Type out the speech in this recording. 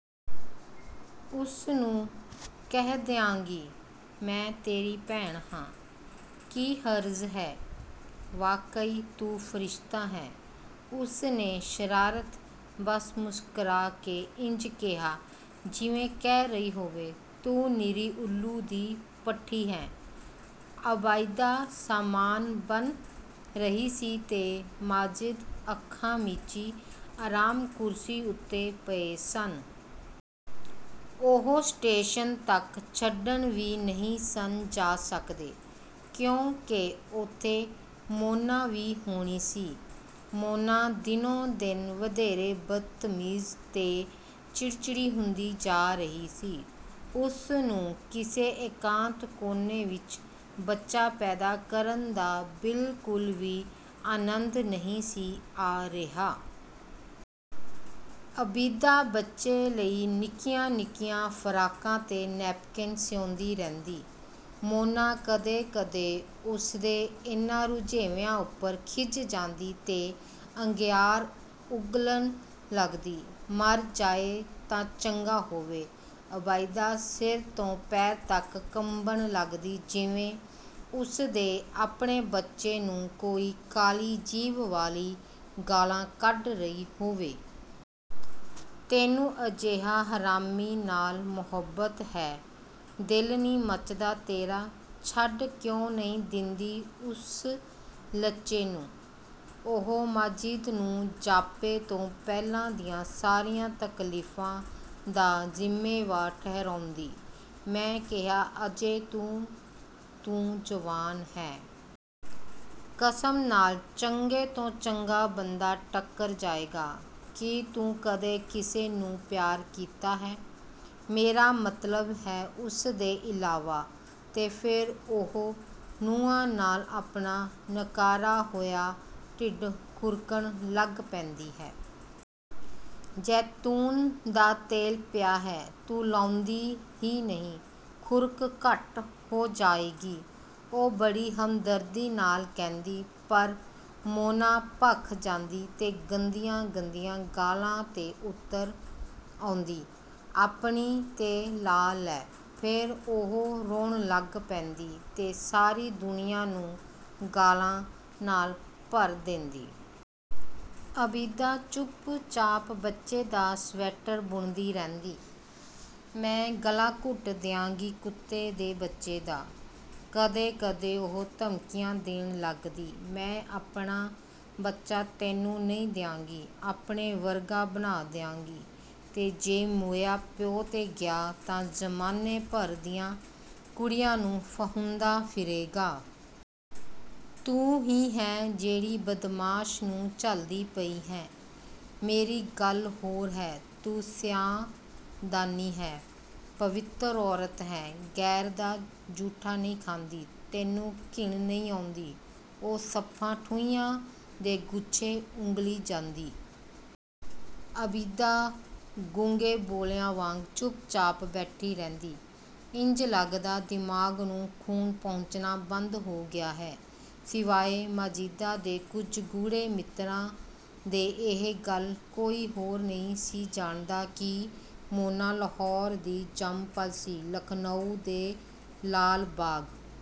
"ਉਸਨੂੰ ਕਹਿ ਦਿਆਂਗੀ, ਮੈਂ ਤੇਰੀ ਭੈਣ ਹਾਂ।" "ਕੀ ਹਰਜ਼ ਹੈ।" "ਵਾਕਈ ਤੂੰ ਫਰਿਸ਼ਤਾ ਹੈਂ।" ਉਸਨੇ ਸ਼ਰਾਰਤ ਵੱਸ ਮੁਸਕਰਾ ਕੇ ਇੰਜ ਕਿਹਾ ਜਿਵੇਂ ਕਹਿ ਰਹੀ ਹੋਵੇ, 'ਤੂੰ ਨਿਰੀ ਊੱਲੂ ਦੀ ਪੱਠੀ ਹੈਂ।'ਆਬਿਦਾ ਸਾਮਾਨ ਬੰਨ੍ਹ ਰਹੀ ਸੀ ਤੇ ਮਾਜਿਦ ਅੱਖਾਂ ਮੀਚੀ ਆਰਾਮ ਕੁਰਸੀ ਉੱਤੇ ਪਏ ਸਨ। ਉਹ ਸਟੇਸ਼ਨ ਤੱਕ ਛੱਡਣ ਵੀ ਨਹੀਂ ਸਨ ਜਾ ਸਕਦੇ, ਕਿਉਂਕਿ ਉੱਥੇ ਮੋਨਾ ਵੀ ਹੋਣੀ ਸੀ। ਮੋਨਾ ਦਿਨੋਂ-ਦਿਨ ਵਧੇਰੇ ਬਦਤਮੀਜ਼ ਤੇ ਚਿੜਚਿੜੀ ਹੁੰਦੀ ਜਾ ਰਹੀ ਸੀ। ਉਸਨੂੰ ਕਿਸੇ ਇਕਾਂਤ ਕੋਨੇ ਵਿੱਚ ਬੱਚਾ ਪੈਦਾ ਕਰਨ ਦਾ ਬਿਲਕੁਲ ਵੀ ਆਨੰਦ ਨਹੀਂ ਸੀ ਆ ਰਿਹਾ। ਆਬਿਦਾ ਬੱਚੇ ਲਈ ਨਿੱਕੀਆਂ-ਨਿੱਕੀਆਂ ਫਰਾਕਾਂ ਤੇ ਨੇਪਕਿਨ ਸਿਉਂਦੀ ਰਹਿੰਦੀ। ਮੋਨਾ ਕਦੇ-ਕਦੇ ਉਸਦੇ ਇਹਨਾਂ ਰੁਝੇਵਿਆਂ ਉੱਪਰ ਖਿਝ ਜਾਂਦੀ ਤੇ ਅੰਗਿਆਰ ਉਗਲਣ ਲੱਗਦੀ, "ਮਰ ਜਾਏ ਤਾਂ ਚੰਗਾ ਹੋਵੇ।" ਆਬਿਦਾ ਸਿਰ ਤੋਂ ਪੈਰਾਂ ਤੱਕ ਕੰਬਣ ਲੱਗਦੀ ਜਿਵੇਂ, ਉਸਦੇ ਆਪਣੇ ਬੱਚੇ ਨੂੰ ਕੋਈ ਕਾਲੀ ਜੀਭ ਵਾਲੀ ਗਾਲ੍ਹਾਂ ਕੱਢ ਰਹੀ ਹੋਵੇ। "ਤੈਨੂੰ ਅਜਿਹੇ ਹਰਾਮੀ ਨਾਲ ਮੁਹੱਬਤ ਹੈ? ਦਿਲ ਨਹੀਂ ਮੱਚਦਾ ਤੇਰਾ? ਛੱਡ ਕਿਉਂ ਨਹੀਂ ਦਿੰਦੀ ਉਸ ਲੱਚੇ ਨੂੰ...?" ਉਹ ਮਾਜਿਦ ਨੂੰ ਜਾਪੇ ਤੋਂ ਪਹਿਲਾਂ ਦੀਆਂ ਸਾਰੀਆਂ ਤਕਲੀਫ਼ਾਂ ਦਾ ਜ਼ਿੰਮੇਵਾਰ ਠਹਿਰਾਉਂਦੀ, "ਮੈਂ ਕਿਹਾ ਅਜੇ ਤਾਂ ਤੂੰ ਜਵਾਨ ਹੈਂ। ਕਸਮ ਨਾਲ ਚੰਗੇ ਤੋਂ ਚੰਗਾ ਬੰਦਾ ਟੱਕਰ ਜਾਏਗਾ। ਕੀ ਤੂੰ ਕਦੇ ਕਿਸੇ ਨੂੰ ਪਿਆਰ ਕੀਤਾ ਹੈ? ਮੇਰਾ ਮਤਲਬ ਹੈ ਉਸਦੇ ਇਲਾਵਾ..." ਤੇ ਫਿਰ ਉਹ ਨਹੁੰਆਂ ਨਾਲ ਆਪਣਾ ਨਕਾਰਾ ਹੋਇਆ ਢਿੱਡ ਖੁਰਕਣ ਲੱਗ ਪੈਂਦੀ। "ਜੈਤੂਨ ਦਾ ਤੇਲ ਪਿਆ ਹੈ, ਤੂੰ ਲਾਉਂਦੀ ਹੀ ਨਹੀਂ; ਖੁਰਕ ਘੱਟ ਹੋ ਜਾਏਗੀ..." ਉਹ ਬੜੀ ਹਮਦਰਦੀ ਨਾਲ ਕਹਿੰਦੀ ਪਰ ਮੋਨਾ ਭਖ ਜਾਂਦੀ ਤੇ ਗੰਦੀਆਂ-ਗੰਦੀਆਂ ਗਾਲ੍ਹਾਂ 'ਤੇ ਉਤਰ ਆਉਂਦੀ...: "ਆਪਣੀ...'ਤੇ ਲਾ ਲੈ।" ਫਿਰ ਉਹ ਰੋਣ ਲੱਗ ਪੈਂਦੀ ਤੇ ਸਾਰੀ ਦੁਨੀਆਂ ਨੂੰ ਗਾਲ੍ਹਾਂ ਨਾਲ ਭਰ ਦੇਂਦੀ। ਆਬਿਦਾ ਚੁੱਪਚਾਪ ਬੱਚੇ ਦਾ ਸਵੈਟਰ ਬੁਣਦੀ ਰਹਿੰਦੀ। "ਮੈਂ ਗਲਾ ਘੁੱਟ ਦਿਆਂਗੀ ਕੁੱਤੇ ਦੇ ਬੱਚੇ ਦਾ," ਕਦੇ-ਕਦੇ ਉਹ ਧਮਕੀਆਂ ਦੇਣ ਲੱਗਦੀ, "ਮੈਂ ਆਪਣਾ ਬੱਚਾ ਤੈਨੂੰ ਨਹੀਂ ਦਿਆਂਗੀ। ਆਪਣੇ ਵਰਗਾ ਬਣਾ ਦਿਆਂਗੀ... ਤੇ ਜੇ ਮੋਇਆ ਪਿਓ 'ਤੇ ਗਿਆ ਤਾਂ ਜ਼ਮਾਨੇ ਭਰ ਦੀਆਂ ਕੁੜੀਆਂ ਨੂੰ ਫਾਹੁੰਦਾ ਫਿਰੇਗਾ। ਤੂੰ ਹੀ ਹੈਂ ਜਿਹੜੀ ਬਦਮਾਸ਼ ਨੂੰ ਝੱਲਦੀ ਪਈ ਹੈਂ। ਮੇਰੀ ਗੱਲ ਹੋਰ ਹੈ, ਤੂੰ ਸਈਅਦਾਨੀ ਹੈਂ, ਪਵਿੱਤਰ ਔਰਤ ਹੈਂ, ਗ਼ੈਰ ਦਾ ਜੂਠਾ ਨਹੀਂ ਖਾਂਦੀ... ਤੈਨੂੰ ਘਿਣ ਨਹੀਂ ਆਉਂਦੀ?" ਉਹ ਸੱਪਾਂ-ਠੂੰਹਿਆਂ ਦੇ ਗੁੱਛੇ ਉਗਲੀ ਜਾਂਦੀ। ਆਬਿਦਾ ਗੂੰਗੇ-ਬੋਲਿਆਂ ਵਾਂਗ ਚੁੱਪਚਾਪ ਬੈਠੀ ਰਹਿੰਦੀ। ਇੰਜ ਲੱਗਦਾ, ਦਿਮਾਗ਼ ਨੂੰ ਖੂਨ ਪਹੁੰਚਣਾ ਬੰਦ ਹੋ ਗਿਆ ਹੈ। ਸਿਵਾਏ ਮਾਜਿਦ ਦੇ ਕੁਝ ਗੂੜ੍ਹੇ ਮਿੱਤਰਾਂ ਦੇ ਇਹ ਗੱਲ ਕੋਈ ਹੋਰ ਨਹੀਂ ਸੀ ਜਾਣਦਾ ਕਿ ਮੋਨਾ ਲਾਹੌਰ ਦੀ ਜੰਮ-ਪਲ ਸੀ। ਲਖ਼ਨਊ ਦੇ ਲਾਲ ਬਾਗ